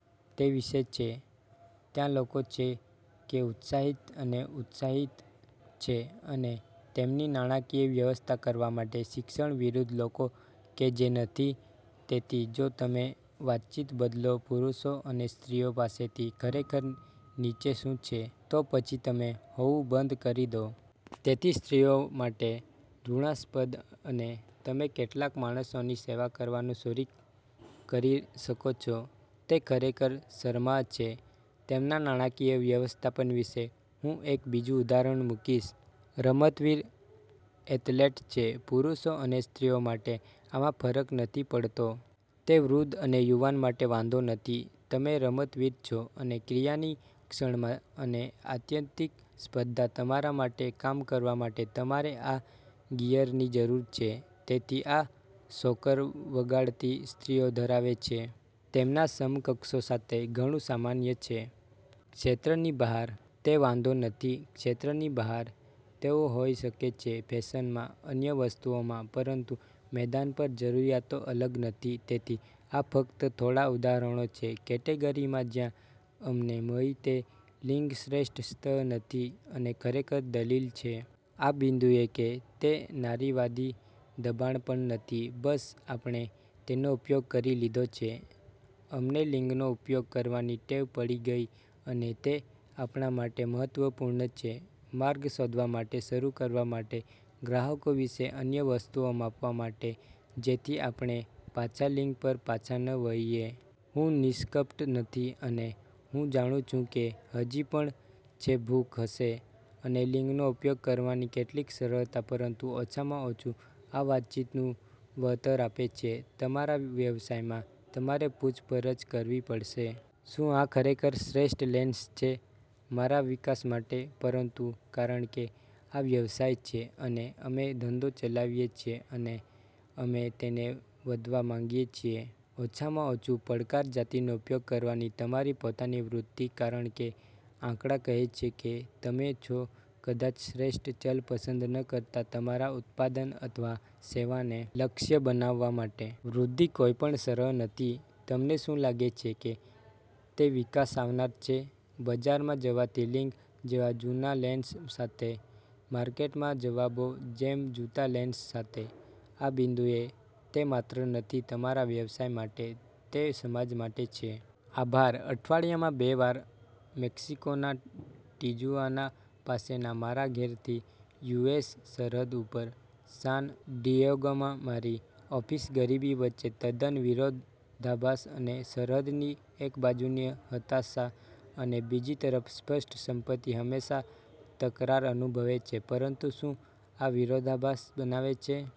તે વિશે છે, ત્યાં લોકો છે કે ઉત્સાહિત અને ઉત્સાહિત છે અને તેમની નાણાકીય વ્યવસ્થા કરવા માટે શિક્ષિત વિરુદ્ધ લોકો કે જે નથી. તેથી જો તમે વાતચીત બદલો પુરુષો અને સ્ત્રીઓ પાસેથી ખરેખર નીચે શું છે, તો પછી તમે હોવું બંધ કરી દો. તેથી સ્ત્રીઓ માટે ઘૃણાસ્પદ અને તમે કેટલાક માણસોની સેવા કરવાનું શરૂ કરી શકો છો, તે ખરેખર શરમાળ છે તેમના નાણાકીય વ્યવસ્થાપન વિશે. હું એક બીજું ઉદાહરણ મૂકીશ. રમતવીર એથ્લેટ છે. પુરુષો અને સ્ત્રીઓ માટે આમાં ફરક નથી પડતો. તે વૃદ્ધ અને યુવાન માટે વાંધો નથી, તમે રમતવીર છો અને ક્રિયાની ક્ષણમાં અને આત્યંતિક સ્પર્ધા તમારા માટે કામ કરવા માટે તમારે આ ગિયરની જરૂર છે. તેથી આ સોકર વગાડતી સ્ત્રીઓ ધરાવે છે, તેમના સમકક્ષો સાથે ઘણું સામાન્ય છે. ક્ષેત્રની બહાર, તે વાંધો નથી. ક્ષેત્રની બહાર, તેઓ હોઈ શકે છે ફેશનમાં, અન્ય વસ્તુઓમાં, પરંતુ મેદાન પર જરૂરિયાતો અલગ નથી. તેથી આ ફક્ત થોડા ઉદાહરણો છે કેટેગરીમાં જ્યાં અમને મળી તે લિંગ શ્રેષ્ઠ સ્થળ નથી અને ખરેખર દલીલ છે. આ બિંદુએ કે તે નારીવાદી દબાણ પણ નથી, બસ, આપણે તેનો ઉપયોગ કરી લીધો છે. અમને લિંગનો ઉપયોગ કરવાની ટેવ પડી ગઈ અને તે આપણા માટે મહત્વપૂર્ણ છે. માર્ગ શોધવા માટે શરૂ કરવા માટે, ગ્રાહકો વિશે અન્ય વસ્તુઓ માપવા માટે જેથી આપણે પાછા લિંગ પર પાછા ન વળીએ. હું નિષ્કપટ નથી અને હું જાણું છું કે હજી પણ છે ભૂખ હશે અને લિંગનો ઉપયોગ કરવાની કેટલીક સરળતા, પરંતુ ઓછામાં ઓછું આ વાતચીતનું વળતર આપે છે. તમારા વ્યવસાયમાં, તમારે પૂછપરછ કરવી પડશે. શું આ ખરેખર શ્રેષ્ઠ લેન્સ છે મારા વિકાસ માટે? પરંતુ કારણ કે આ વ્યવસાય છે અને અમે ધંધો ચલાવીએ છીએ, અને અમે તેને વધવા માંગીએ છીએ ઓછામાં ઓછું પડકાર જાતિનો ઉપયોગ કરવાની તમારી પોતાની વૃત્તિ, કારણ કે આંકડા કહે છે કે તમે છો કદાચ શ્રેષ્ઠ ચલ પસંદ ન કરતા તમારા ઉત્પાદન અથવા સેવાને લક્ષ્ય બનાવવા માટે. વૃદ્ધિ કોઈ પણ સરળ નથી. તમને શું લાગે છે તે વિકાસ આવનાર છે ,બજારમાં જવાથી લિંગ જેવા જૂનાં લેન્સ સાથે? માર્કેટમાં જવાબો જેમ જૂતા લેન્સ સાથે? આ બિંદુએ, તે માત્ર નથી તમારા વ્યવસાય માટે, તે સમાજ માટે છે. આભાર. અઠવાડિયામાં બે વાર, મેક્સિકોના ટિજુઆના પાસેના મારા ઘરેથી યુ. એસ. સરહદ ઉપર, સાન ડિએગોમાં મારી ઓફિસ ગરીબી વચ્ચે તદ્દન વિરોધાભાસ અને સરહદની એક બાજુથી હતાશા અને બીજી તરફ સ્પષ્ટ સંપત્તિ હંમેશા તકરાર અનુભવે છે. પરંતુ શું આ વિરોધાભાસ બનાવે છે.